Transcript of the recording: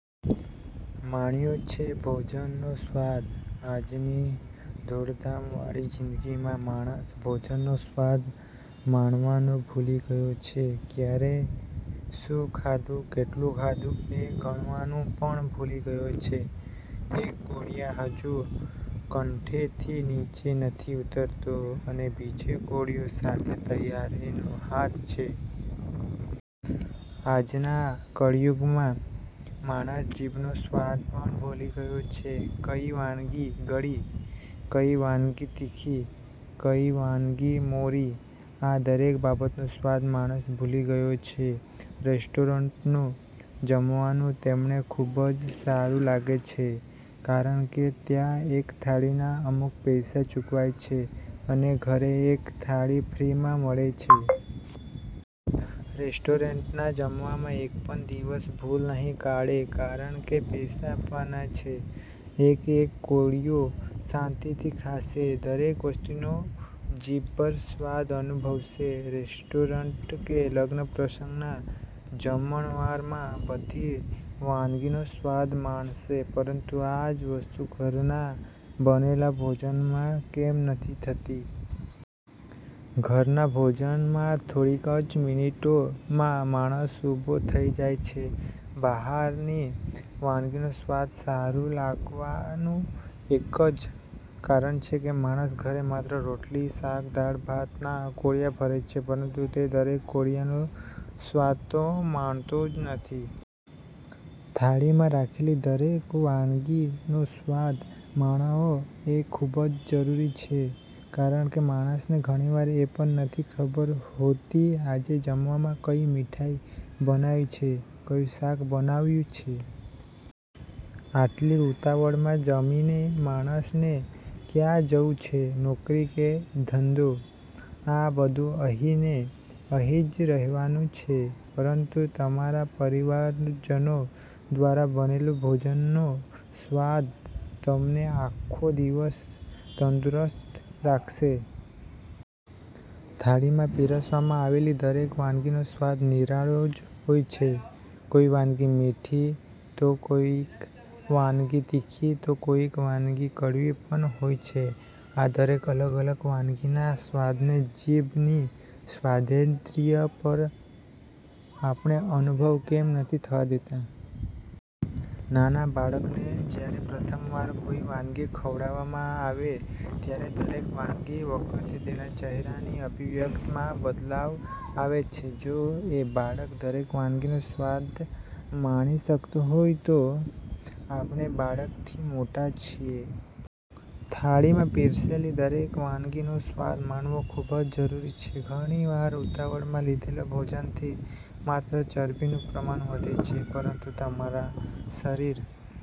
માણ્યો છે ભોજન નો સ્વાદ? આજ ની દોડધામ વાળી જિંદગી માં માણસ ભોજન નો સ્વાદ માણવાનું ભૂલી ગયો છે, ક્યારે શું ખાધું? કેટલું ખાધું? એ ગણવાનું પણ ભૂલી ગયો છે, એક કોળિયો હજી કંઠે થી નીચે નથી ઉતરતો અને બીજા કોળિયા સાથે તૈયાર એનો હાથ છે. આજ ના કળિયુગ માં માણસ જીભ નો સ્વાદ પણ ભૂલી ગયો છે. કઈ વાનગી ગળી? કઈ વાનગી તીખી? કઈ વાનગી મોરી? આ દરેક બાબત નો સ્વાદ માણસ ભૂલી ગયો છે. રેસ્ટોરન્ટ નું જમવાનું તેમને ખુબ જ સારું લાગે છે, કારણ કે ત્યાં એક થાળી ના અમુક પૈસા ચૂકવાય છે અને ઘરે એક થાળી ફ્રી માં મળે છે. રેસ્ટોરન્ટ ના જમવામાં એક પણ દિવસ ભૂલ નહિ કાઢે કારણકે પૈસા આપવાના છે, એક એક કોળિયો શાંતિ થી ખાશે, દરેક વસ્તુ નો જીભ પર સ્વાદ અનુભવશે. રેસ્ટોરન્ટ કે લગ્ન પ્રસંગ ના જમણવાર માં બધી વાનગી નો સ્વાદ માણશે, પરંતુ આ જ વસ્તુ ઘર ના બનાવેલા ભોજન માં કેમ નથી થતી? ઘર ના ભોજન માં થોડીક જ મિનિટો માં માણસ ઉભો થઇ જાય છે. બહાર ની વાનગી નો સ્વાદ સારું લાગવાનું એક જ કારણ છે કે માણસ ઘરે માત્ર રોટલી શાક દાળ ભાત ના કોળિયા ભરે છે પરંતુ એ દરેક કોળિયા નો સ્વાદ તો માણતો જ નથી. થાળી માં રાખેલી દરેક વાનગી નો સ્વાદ માણવો એ ખુબ જ જરૂરી છે કારણ કે માણસને ઘણી વાર એ પણ નથી ખબર હોતી આજે જમવામાં કઈ મીઠાઈ બનાવી છે? કયું શાક બનાવ્યું છે? આટલી ઉતાવળ માં જમીને માણસ ને ક્યાં જવું છે? નોકરી કે ધંધો? આ બધું અહીં ને અહીં જ રહેવાનું છે પરંતુ તમારા પરિવાર જનો દ્વારા બનેલા ભોજનનો સ્વાદ તમને આખો દિવસ તંદુરસ્ત રાખશે.. થાળી માં પીરસવામાં આવેલી દરેક વાનગી નો સ્વાદ નિરાળો જ હોય છે, કોઈ વાનગી મીઠી, તો કોઈક વાનગી તીખી તો કોઈક વાનગી કડવી પણ હોય છે. આ દરેક અલગ અલગ વાનગી ના સ્વાદ ને જીભ ની સ્વાદેન્દ્રિય પર આપણે અનુભવ કેમ નથી થવા દેતા? નાના બાળક ને જયારે પ્રથમ વાર કોઈ વાનગી ખવડાવામાં આવે ત્યારે દરેક વાનગી વખતે તેના ચેહરા ની અભિવ્યક્તિ માં બદલાવ આવે છે, જો એ બાળક દરેક વાનગી નો સ્વાદ માણી શકતો હોય, તો આપણે બાળક થી મોટા છીએ? થાળી માં પીરસેલી દરેક વાનગી નો સ્વાદ માણવો ખુબ જ જરૂરી છે. ઘણી વાર ઉતાવળ માં લીધેલા ભોજન થી માત્ર ચરબી નું પ્રમાણ વધે છે પરંતુ તમારા શરીર